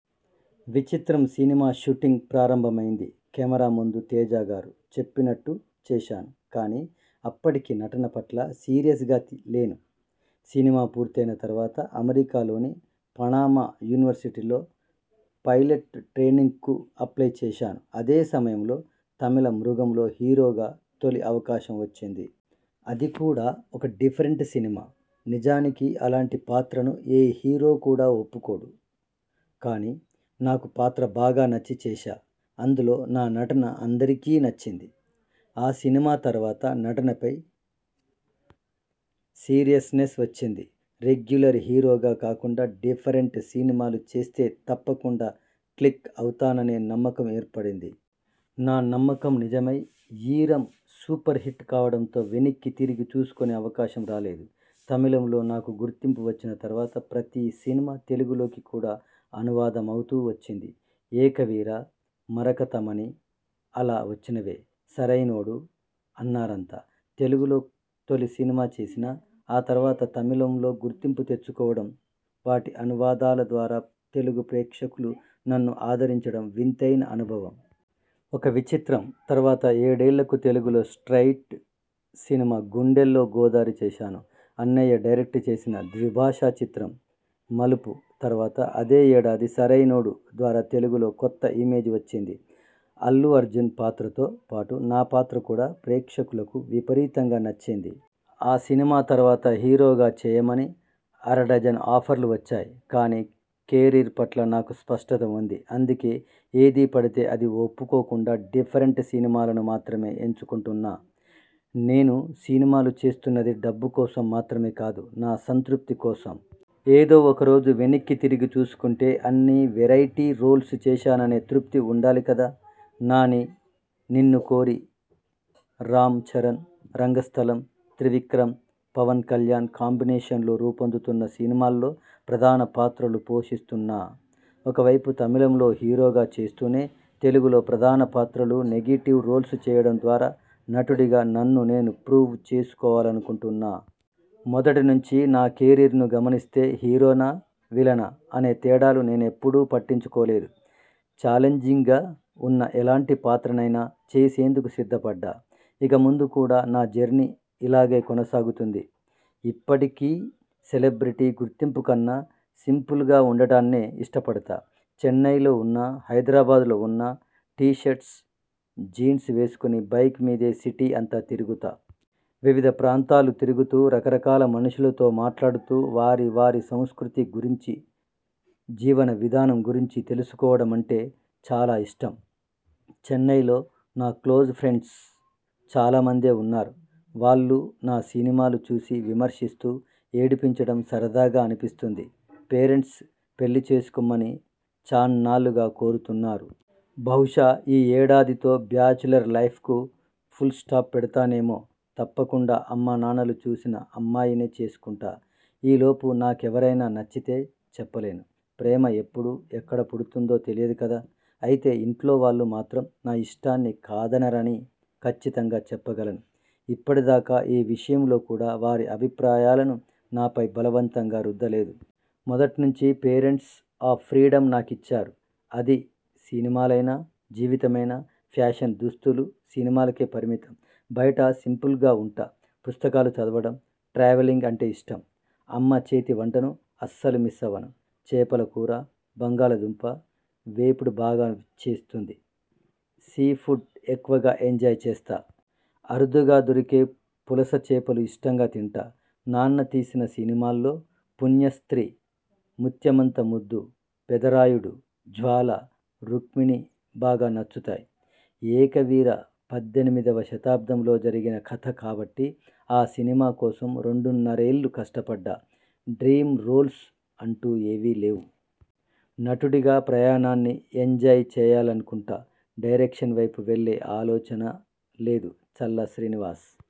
విచిత్రం' cinema shooting ప్రారంభమైంది. Camera ముందు తేజగారు చెప్పినట్టు చేశాను కానీ అప్పటికి నటన పట్ల సీరియస్గా లేను. సినిమా పూర్తయిన తర్వాత అమెరికాలోని పనామా యూనివర్శిటీలో పైలెట్ ట్రైనింగ్కు అప్లయ్ చేశాను. అదే సమయంలో తమిళ 'మృగం'లో హీరోగా తొలి అవకాశం వచ్చింది. అది కూడా ఒక డిఫరెంట్ సినిమా. నిజానికి అలాంటి పాత్రను ఏ హీరో కూడా ఒప్పుకోడు. కానీ నాకు పాత్ర బాగా నచ్చి చేశా. అందులో నా నటన అందరికీ నచ్చింది. ఆ సినిమా తర్వాత నటనపై సీరియస్నెస్ వచ్చింది. రెగ్యులర్ హీరోగా కాకుండా డిఫరెంట్ సినిమాలు చేస్తే తప్పకుండా క్లిక్ అవుతాననే నమ్మకం ఏర్పడింది. నా నమ్మకం నిజమై 'ఈరం' సూపర్హిట్ కావడంతో వెనక్కి తిరిగి చూసుకునే అవకాశం రాలేదు. తమిళంలో నాకు గుర్తింపు వచ్చిన తర్వాత ప్రతీ సినిమా తెలుగులోకి కూడా అనువాదమవుతూ వచ్చింది. 'ఏకవీర', 'మరకతమణి' అలా వచ్చినవే. 'సరైనోడు' అన్నారంతా తెలుగులో తొలి సినిమా చేసినా ఆ తర్వాత తమిళంలో గుర్తింపు తెచ్చుకోవడం, వాటి అనువాదాల ద్వారా తెలుగు ప్రేక్షకులు నన్ను ఆదరించడం వింతైన అనుభవం. 'ఒక విచిత్రం' తర్వాత ఏడేళ్లకు తెలుగులో స్ట్రయిట్ సినిమా 'గుండెల్లో గోదారి' చేశాను. అన్నయ్య డైరెక్ట్ చేసిన ద్విభాషా చిత్రం 'మలుపు' తర్వాత అదే యేడాది 'సరైనోడు' ద్వారా తెలుగులో కొత్త ఇమేజ్ వచ్చింది. అల్లు అర్జున్ పాత్రతో పాటు నా పాత్ర కూడా ప్రేక్షకులకు విపరీతంగా నచ్చింది. ఆ సినిమా తర్వాత హీరోగా చేయమని అరడజను ఆఫర్లు వచ్చాయి. కానీ కెరీర్ పట్ల నాకు స్పష్టత ఉంది. అందుకే ఏది పడితే అది ఒప్పుకోకుండా డిఫరెంట్ సినిమాలను మాత్రమే ఎంచుకుంటున్నా. నేను సినిమాలు చేస్తున్నది డబ్బు కోసం మాత్రమే కాదు, నా సంతృప్తి కోసం. ఏదో ఒకరోజు వెనక్కి తిరిగి చూసుకుంటే ఇన్ని వెరైటీ రోల్స్ చేశాననే తృప్తి ఉండాలి కదా. నాని 'నిన్ను కోరి', రామ్ చరణ్ 'రంగస్థలం', త్రివిక్రమ్, పవన్కళ్యాణ్ కాంబినేషన్లో రూపొందుతున్న సినిమాల్లో ప్రధాన పాత్రలు పోషిస్తున్నా. ఒకవైపు తమిళంలో హీరోగా చేస్తూనే, తెలుగులో ప్రధాన పాత్రలు, నెగిటివ్ రోల్స్ చేయడం ద్వారా నటుడిగా నన్ను నేను ప్రూవ్ చేసుకోవాలనుకుంటున్నా. మొదటి నుంచి నా కెరీర్ను గమనిస్తే హీరోనా, విలనా అనే తేడాలు నేనెప్పుడూ పట్టించుకోలేదు. ఛాలెంజింగ్గా ఉన్న ఎలాంటి పాత్రనైనా చేసేందుకు సిద్ధపడ్డా. ఇక ముందు కూడా నా జర్నీ ఇలాగే కొనసాగుతుంది. ఇప్పటికీ సెలబ్రిటీ గుర్తింపు కన్నా సింపుల్గా ఉండటాన్నే ఇష్టపడతా. చెన్నైలో ఉన్నా హైదరాబాద్లో ఉన్నా టీషర్ట్, జీన్స్ వేసుకుని బైక్ మీదే సిటీ అంతా తిరుగుతా. వివిధ ప్రాంతాలు తిరుగుతూ రకరకాల మనుషులతో మాట్లాడుతూ వారి వారి సంస్కృతి గురించి, జీవన విధానం గురించి తెలుసుకోవడమంటే చాలా ఇష్టం. చెన్నైలో నా క్లోజ్ ఫ్రెండ్స్ చాలామందే ఉన్నారు. వాళ్లు నా సినిమాలు చూసి విమర్శిస్తూ, ఏడిపించడం సరదాగా అనిపిస్తుంది. పేరెంట్స్ పెళ్లి చేసుకొమ్మని చాన్నాళ్లుగా కోరుతున్నారు. బహుశా ఈ యేడాదితో బ్యాచిలర్ లైఫ్కు పుల్స్టాప్ పెడతానేమో. తప్పకుండా అమ్మనాన్నలు చూసిన అమ్మాయినే చేసుకుంటా. ఈ లోపు నాకెవరైనా నచ్చితే చెప్పలేను. ప్రేమ ఎప్పుడు, ఎక్కడ పుడుతుందో తెలియదు కదా. అయితే ఇంట్లోవాళ్లు మాత్రం నా ఇష్టాన్ని కాదనరని కచ్చితంగా చెప్పగలను. ఇప్పటిదాకా ఏ విషయంలో కూడా వారి అభిప్రాయాలను నాపై బలవంతంగా రుద్దలేదు. మొదట్నుంచి పేరంట్స్ ఆ ఫ్రీడమ్ నాకిచ్చారు. అది సినిమాలైనా, జీవితమైనా! ఫ్యాషన్ దుస్తులు సినిమాలకే పరిమితం. బయట సింపుల్గా ఉంటా. పుస్తకాలు చదవడం, ట్రావెలింగ్ అంటే ఇష్టం. అమ్మ చేతివంటను అస్సలు మిస్సవ్వను. చేపల కూర, బంగాళదుంప వేపుడు బాగా చేస్తుంది. సీ ఫుడ్ ఎక్కువగా ఎంజాయ్ చేస్తా. అరుదుగా దొరికే పులస చేపలు ఇష్టంగా తింటా. నాన్న తీసిన సినిమాల్లో పుణ్యస్త్రీ, ముత్యమంత ముద్దు, పెదరాయుడు, జ్వాల, రుక్మిణి బాగా నచ్చుతాయి. 'ఏకవీర' పద్దెనిమిదివ శతాబ్దంలో జరిగిన కథ కాబట్టి ఆ సినిమా కోసం రెండున్నరేళ్లు కష్టపడ్డా. డ్రీమ్ రోల్స్ అంటూ ఏవీ లేవు. నటుడిగా ప్రయాణాన్ని ఎంజాయ్ చేయాలనుకుంటా. డైరెక్షన్ వైపు వెళ్లే ఆలోచన లేదు. చల్లా శ్రీనివాస్